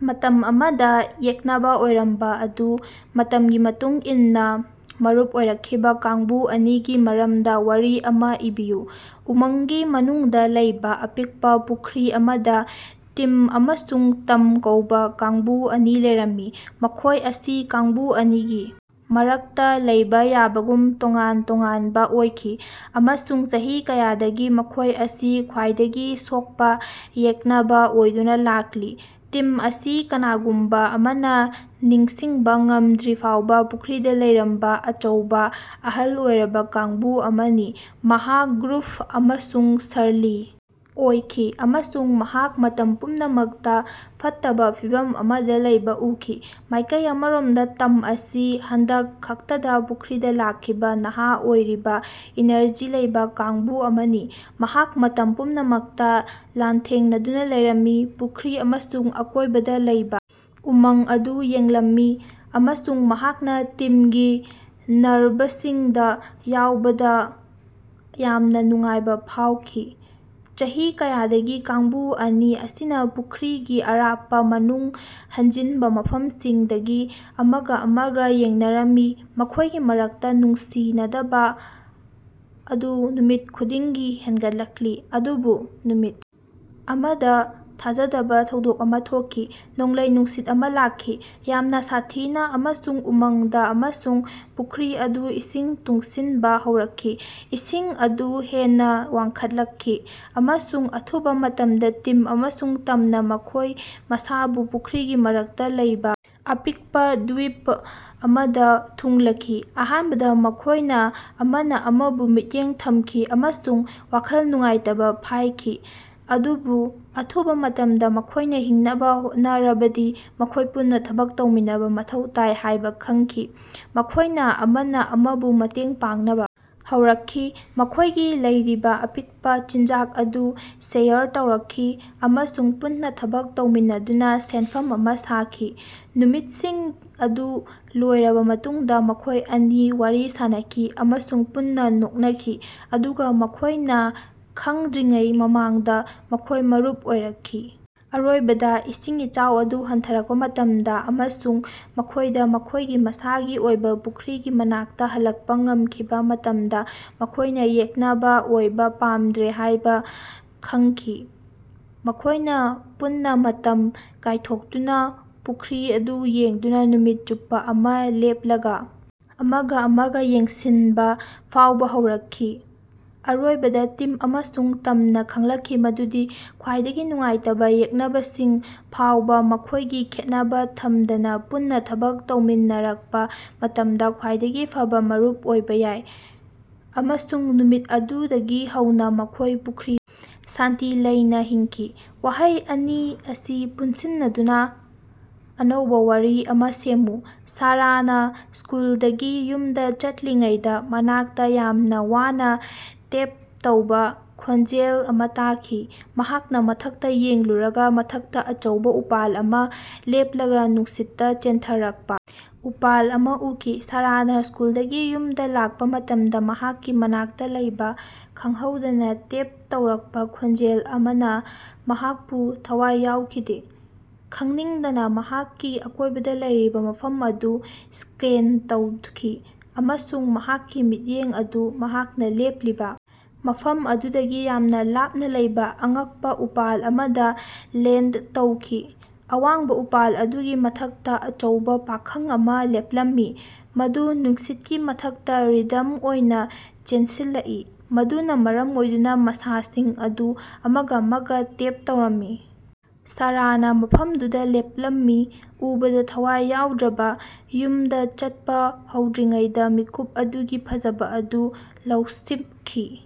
ꯃꯇꯝ ꯑꯃꯗ ꯌꯦꯛꯅꯕ ꯑꯣꯏꯔꯝꯕ ꯑꯗꯨꯕꯨ ꯃꯇꯝꯒꯤ ꯃꯇꯨꯡ ꯏꯟꯅ ꯃꯔꯨꯞ ꯑꯣꯏꯔꯛꯈꯤꯕ ꯀꯥꯡꯕꯨ ꯑꯅꯤꯒꯤ ꯃꯔꯝꯗ ꯋꯥꯔꯤ ꯑꯃ ꯏꯕꯤꯌꯨ꯫ ꯎꯃꯪꯒꯤ ꯃꯅꯨꯡꯗ ꯂꯩꯕ ꯑꯄꯤꯛꯄ ꯄꯨꯈ꯭ꯔꯤ ꯑꯃꯗ ꯇꯤꯝ ꯑꯃꯁꯨꯡ ꯇꯝ ꯀꯧꯕ ꯀꯥꯡꯕꯨ ꯑꯅꯤ ꯂꯩꯔꯝꯃꯤ꯫ ꯃꯈꯣꯏ ꯑꯁꯤ ꯀꯥꯡꯕꯨ ꯑꯅꯤꯒꯤ ꯃꯔꯛꯇ ꯂꯩꯕ ꯌꯥꯕꯒꯨꯝ ꯇꯣꯉꯥꯟ ꯇꯣꯉꯥꯟꯕ ꯑꯣꯏꯈꯤ, ꯑꯃꯁꯨꯡ ꯆꯍꯤ ꯀꯌꯥꯗꯒꯤ ꯃꯈꯣꯏ ꯑꯁꯤ ꯈ꯭ꯋꯥꯏꯗꯒꯤ ꯁꯣꯛꯄ ꯌꯦꯛꯅꯕ ꯑꯣꯏꯗꯨꯅ ꯂꯥꯛꯂꯤ꯫ ꯇꯤꯝ ꯑꯁꯤ ꯀꯅꯥꯒꯨꯝꯕ ꯑꯃꯅ ꯅꯤꯡꯁꯤꯡꯕ ꯉꯝꯗ꯭ꯔꯤꯐꯥꯎꯕ ꯄꯨꯈ꯭ꯔꯤꯗ ꯂꯩꯔꯝꯕ ꯑꯆꯧꯕ, ꯑꯍꯜ ꯑꯣꯏꯔꯕ ꯀꯥꯡꯕꯨ ꯑꯃꯅꯤ꯫ ꯃꯍꯥꯛ ꯒ꯭ꯔꯨꯐ ꯑꯃꯁꯨꯡ ꯁꯔꯂꯤ ꯑꯣꯏꯈꯤ, ꯑꯃꯁꯨꯡ ꯃꯍꯥꯛ ꯃꯇꯝ ꯄꯨꯝꯅꯃꯛꯇ‌ ꯐꯠꯇꯕ ꯐꯤꯚꯝ ꯑꯃꯗ ꯂꯩꯕ ꯎꯈꯤ꯫ ꯃꯥꯏꯀꯩ ꯑꯃꯔꯣꯝꯗ ꯇꯝ ꯑꯁꯤ ꯍꯟꯗꯛ ꯈꯛꯇꯗ ꯄꯨꯈ꯭ꯔꯤꯗ ꯂꯥꯛꯈꯤꯕ ꯅꯍꯥ ꯑꯣꯏꯔꯤꯕ, ꯏꯅꯔꯖꯤ ꯂꯩꯕ ꯀꯥꯡꯕꯨ ꯑꯃꯅꯤ꯫ ꯃꯍꯥꯛ ꯃꯇꯝ ꯄꯨꯝꯅꯃꯛꯇ ꯂꯥꯟꯊꯦꯡꯅꯗꯨꯅ ꯂꯩꯔꯝꯃꯤ, ꯄꯨꯈ꯭ꯔꯤ ꯑꯃꯁꯨꯡ ꯑꯀꯣꯏꯕꯗ ꯂꯩꯕ ꯎꯃꯪ ꯑꯗꯨ ꯌꯦꯡꯂꯝꯃꯤ, ꯑꯃꯁꯨꯡ ꯃꯍꯥꯛꯅ ꯇꯤꯝꯒꯤ ꯅꯔꯚꯁꯤꯡꯗ ꯌꯥꯎꯕꯗ ꯌꯥꯝꯅ ꯅꯨꯡꯉꯥꯏꯕ ꯐꯥꯎꯈꯤ꯫ ꯆꯍꯤ ꯀꯌꯥꯗꯒꯤ ꯀꯥꯡꯕꯨ ꯑꯅꯤ ꯑꯁꯤꯅ ꯄꯨꯈ꯭ꯔꯤꯒꯤ ꯑꯔꯥꯞꯄ ꯃꯅꯨꯡ ꯍꯟꯖꯤꯟꯕ ꯃꯐꯝꯁꯤꯡꯗꯒꯤ ꯑꯃꯒ ꯑꯃꯒ ꯌꯦꯡꯅꯔꯝꯃꯤ, ꯃꯈꯣꯏꯒꯤ ꯃꯔꯛꯇ ꯅꯨꯡꯁꯤꯅꯗꯕ ꯑꯗꯨ ꯅꯨꯃꯤꯠ ꯈꯨꯗꯤꯡꯒꯤ ꯍꯦꯟꯒꯠꯂꯛꯂꯤ꯫ ꯑꯗꯨꯕꯨ ꯅꯨꯃꯤꯠ ꯑꯃꯗ ꯊꯥꯖꯗꯕ ꯊꯧꯗꯣꯛ ꯑꯃ ꯊꯣꯛꯈꯤ꯫ ꯅꯣꯡꯂꯩ-ꯅꯨꯡꯁꯤꯠ ꯑꯃ ꯂꯥꯛꯈꯤ, ꯌꯥꯝꯅ ꯁꯥꯊꯤꯅ ꯑꯃꯁꯨꯡ ꯎꯃꯪꯗ, ꯑꯃꯁꯨꯡ ꯄꯨꯈ꯭ꯔꯤ ꯑꯗꯨ ꯏꯁꯤꯡ ꯇꯨꯡꯁꯤꯟꯕ ꯍꯧꯔꯛꯈꯤ꯫ ꯏꯁꯤꯡ ꯑꯗꯨ ꯍꯦꯟꯅ ꯋꯥꯡꯈꯠꯂꯛꯈꯤ, ꯑꯃꯁꯨꯡ ꯑꯊꯨꯕ ꯃꯇꯝꯗ ꯇꯤꯝ ꯑꯃꯁꯨꯡ ꯇꯝꯅ ꯃꯈꯣꯏ ꯃꯁꯥꯕꯨ ꯄꯨꯈ꯭ꯔꯤꯒꯤ ꯃꯔꯛꯇ ꯂꯩꯕ ꯑꯄꯤꯛꯄ ꯗ꯭ꯕꯤꯞ ꯑꯃꯗ ꯊꯨꯡꯂꯈꯤ꯫ ꯑꯍꯥꯟꯕꯗ ꯃꯈꯣꯏꯅ ꯑꯃꯅ ꯑꯃꯕꯨ ꯃꯤꯠꯌꯦꯡ ꯊꯝꯈꯤ ꯑꯃꯁꯨꯡ ꯋꯥꯈꯜ ꯅꯨꯡꯉꯥꯏꯇꯕ ꯐꯥꯏꯈꯤ, ꯑꯗꯨꯕꯨ ꯑꯊꯨꯕ ꯃꯇꯝꯗ, ꯃꯈꯣꯏꯅ ꯍꯤꯡꯅꯕ ꯍꯣꯠꯅꯔꯕꯗꯤ ꯃꯈꯣꯏ ꯄꯨꯟꯅ ꯊꯕꯛ ꯇꯧꯃꯤꯟꯅꯕ ꯃꯊꯧ ꯇꯥꯏ ꯍꯥꯏꯕ‌ ꯈꯪꯈꯤ꯫ ꯃꯈꯣꯏꯅ ꯑꯃꯅ ꯑꯃꯕꯨ ꯃꯇꯦꯡ ꯄꯥꯡꯅꯕ ꯍꯧꯔꯛꯈꯤ, ꯃꯈꯣꯏꯒꯤ ꯂꯩꯔꯤꯕ ꯑꯄꯤꯛꯄ ꯆꯤꯟꯖꯥꯛ ꯑꯗꯨ ꯁꯦꯌꯔ ꯇꯧꯔꯛꯈꯤ ꯑꯃꯁꯨꯡ ꯄꯨꯟꯅ ꯊꯕꯛ ꯇꯧꯃꯤꯟꯅꯗꯨꯅ ꯁꯦꯟꯐꯝ ꯑꯃ ꯁꯥꯈꯤ꯫ ꯅꯨꯃꯤꯠꯁꯤꯡ ꯑꯗꯨ ꯂꯣꯏꯔꯕ ꯃꯇꯨꯡꯗ ꯃꯈꯣꯏ ꯑꯅꯤ ꯋꯥꯔꯤ ꯁꯥꯅꯈꯤ ꯑꯃꯁꯨꯡ ꯄꯨꯟꯅ ꯅꯣꯛꯅꯈꯤ꯫ ꯑꯗꯨꯒ ꯃꯈꯣꯏꯅ ꯈꯪꯗ꯭ꯔꯤꯉꯩ ꯃꯃꯥꯡꯗ ꯃꯈꯣꯏ ꯃꯔꯨꯞ ꯑꯣꯏꯔꯛꯈꯤ꯫ ꯑꯔꯣꯏꯕꯗ ꯏꯁꯤꯡ ꯏꯆꯥꯎ ꯑꯗꯨ ꯍꯟꯊꯔꯛꯄ ꯃꯇꯝꯗ, ꯑꯃꯁꯨꯡ ꯃꯈꯣꯏꯗ ꯃꯈꯣꯏꯒꯤ ꯃꯁꯥꯒꯤ ꯑꯣꯏꯕ ꯄꯨꯈ꯭ꯔꯤꯒꯤ ꯃꯅꯥꯛꯇ‌ ꯍꯜꯂꯛꯄ ꯉꯝꯈꯤꯕ ꯃꯇꯝꯗ, ꯃꯈꯣꯏꯅ ꯌꯦꯛꯅꯕ ꯑꯣꯏꯕ ꯄꯥꯝꯗ꯭ꯔꯦ ꯍꯥꯌꯕ ꯈꯪꯈꯤ꯫ ꯃꯈꯣꯏꯅ ꯄꯨꯟꯅ ꯃꯇꯝ ꯀꯥꯏꯊꯣꯛꯇꯨꯅ ꯄꯨꯈ꯭ꯔꯤ ꯑꯗꯨ ꯌꯦꯡꯗꯨꯅ ꯅꯨꯃꯤꯠ ꯆꯨꯞꯄ ꯑꯃ ꯂꯦꯞꯂꯒ ꯑꯃꯒ ꯑꯃꯒ ꯌꯦꯡꯁꯤꯟꯕ ꯐꯥꯎꯕ ꯍꯧꯔꯛꯈꯤ꯫ ꯑꯔꯣꯏꯕꯗ ꯇꯤꯝ ꯑꯃꯁꯨꯡ ꯇꯝꯅ ꯈꯪꯂꯛꯈꯤ ꯃꯗꯨꯗꯤ ꯈ꯭ꯋꯥꯏꯗꯒꯤ ꯅꯨꯡꯉꯥꯏꯇꯕ ꯌꯦꯛꯅꯕꯁꯤꯡ ꯐꯥꯎꯕ‌ ꯃꯈꯣꯏꯒꯤ ꯈꯦꯠꯅꯕ ꯊꯝꯗꯅ ꯄꯨꯟꯅ ꯊꯕꯛ ꯇꯧꯃꯤꯟꯅꯔꯛꯄ ꯃꯇꯝꯗ ꯈ꯭ꯋꯥꯏꯗꯒꯤ ꯐꯕ ꯃꯔꯨꯞ ꯑꯣꯏꯕ ꯌꯥꯏ꯫ ꯑꯃꯁꯨꯡ ꯅꯨꯃꯤꯠ ꯑꯗꯨꯗꯒꯤ ꯍꯧꯅ ꯃꯈꯣꯏ ꯄꯨꯈ꯭ꯔꯤꯗ ꯁꯥꯟꯇꯤ ꯂꯩꯅ ꯍꯤꯡꯈꯤ꯫ ꯋꯥꯍꯩ ꯑꯅꯤ ꯑꯁꯤ ꯄꯨꯟꯁꯤꯟꯗꯨꯅ ꯑꯅꯧꯕ ꯋꯥꯔꯤ ꯑꯃ‌ ꯁꯦꯝꯃꯨ꯫ ꯁꯥꯔꯥꯅ ꯁ꯭ꯀꯨꯜꯗꯒꯤ ꯌꯨꯝꯗ ꯆꯠꯂꯤꯉꯩꯗ ꯃꯅꯥꯛꯇ ꯌꯥꯝꯅ ꯋꯥꯅ ꯇꯦꯞ ꯇꯧꯕ ꯈꯣꯟꯖꯦꯜ ꯑꯃ ꯇꯥꯈꯤ꯫ ꯃꯍꯥꯛꯅ ꯃꯊꯛꯇ ꯌꯦꯡꯂꯨꯔꯒ ꯃꯊꯛꯇ ꯑꯆꯧꯕ ꯎꯄꯥꯜ ꯑꯃ ꯂꯦꯞꯂꯒ ꯅꯨꯡꯁꯤꯠꯇ ꯆꯦꯟꯊꯔꯛꯄ ꯎꯄꯥꯜ ꯑꯃ ꯎꯈꯤ꯫ ꯁꯥꯔꯥꯅ ꯁ꯭ꯀꯨꯜꯗꯒꯤ ꯌꯨꯝꯗ ꯂꯥꯛꯄ ꯃꯇꯝꯗ ꯃꯍꯥꯛꯀꯤ ꯃꯅꯥꯛꯇ ꯂꯩꯕ ꯈꯪꯍꯧꯗꯅ ꯇꯦꯞ ꯇꯧꯔꯛꯄ ꯈꯣꯟꯖꯦꯜ ꯑꯃꯅ ꯃꯍꯥꯛꯄꯨ ꯊꯋꯥꯏ ꯌꯥꯎꯈꯤꯗꯦ꯫ ꯈꯪꯅꯤꯡꯗꯅ ꯃꯍꯥꯛꯀꯤ ꯑꯀꯣꯏꯕꯗ ꯂꯩꯔꯤꯕ ꯃꯐꯝ ꯑꯗꯨ ꯁ꯭ꯀꯦꯟ ꯇꯧꯈꯤ ꯑꯃꯁꯨꯡ ꯃꯍꯥꯛꯀꯤ ꯃꯤꯠꯌꯦꯡ ꯑꯗꯨ ꯃꯍꯥꯛꯅ ꯂꯦꯞꯂꯤꯕ ꯃꯐꯝ ꯑꯗꯨꯗꯒꯤ ꯌꯥꯝꯅ ꯂꯥꯞꯅ ꯂꯩꯕ ꯑꯉꯛꯄ ꯎꯄꯥꯜ ꯑꯃꯗ ꯂꯦꯟꯗ ꯇꯧꯈꯤ꯫ ꯑꯋꯥꯡꯕ ꯎꯄꯥꯜ ꯑꯗꯨꯒꯤ ꯃꯊꯛꯇ ꯑꯆꯧꯕ ꯄꯥꯈꯪ ꯑꯃ ꯂꯦꯞꯂꯝꯃꯤ, ꯃꯗꯨ ꯅꯨꯡꯁꯤꯠꯀꯤ ꯃꯊꯛꯇ ꯔꯤꯗꯝ ꯑꯣꯏꯅ ꯆꯦꯟꯁꯤꯜꯂꯛꯏ, ꯃꯗꯨꯅ ꯃꯔꯝ ꯑꯣꯏꯗꯨꯅ ꯃꯁꯥꯁꯤꯡ ꯑꯗꯨ ꯑꯃꯒ ꯑꯃꯒ ꯇꯦꯞ ꯇꯧꯔꯝꯃꯤ꯫ ꯁꯥꯔꯥꯅ ꯃꯐꯝꯗꯨꯗ ꯂꯦꯞꯂꯝꯃꯤ, ꯎꯕꯗ ꯊꯋꯥꯏ ꯌꯥꯎꯗ꯭ꯔꯕ, ꯌꯨꯝꯗ ꯆꯠꯄ ꯍꯧꯗ꯭ꯔꯤꯉꯩꯗ ꯃꯤꯀꯨꯞ ꯑꯗꯨꯒꯤ ꯐꯖꯕ ꯑꯗꯨ ꯂꯧꯁꯤꯞꯈꯤ꯫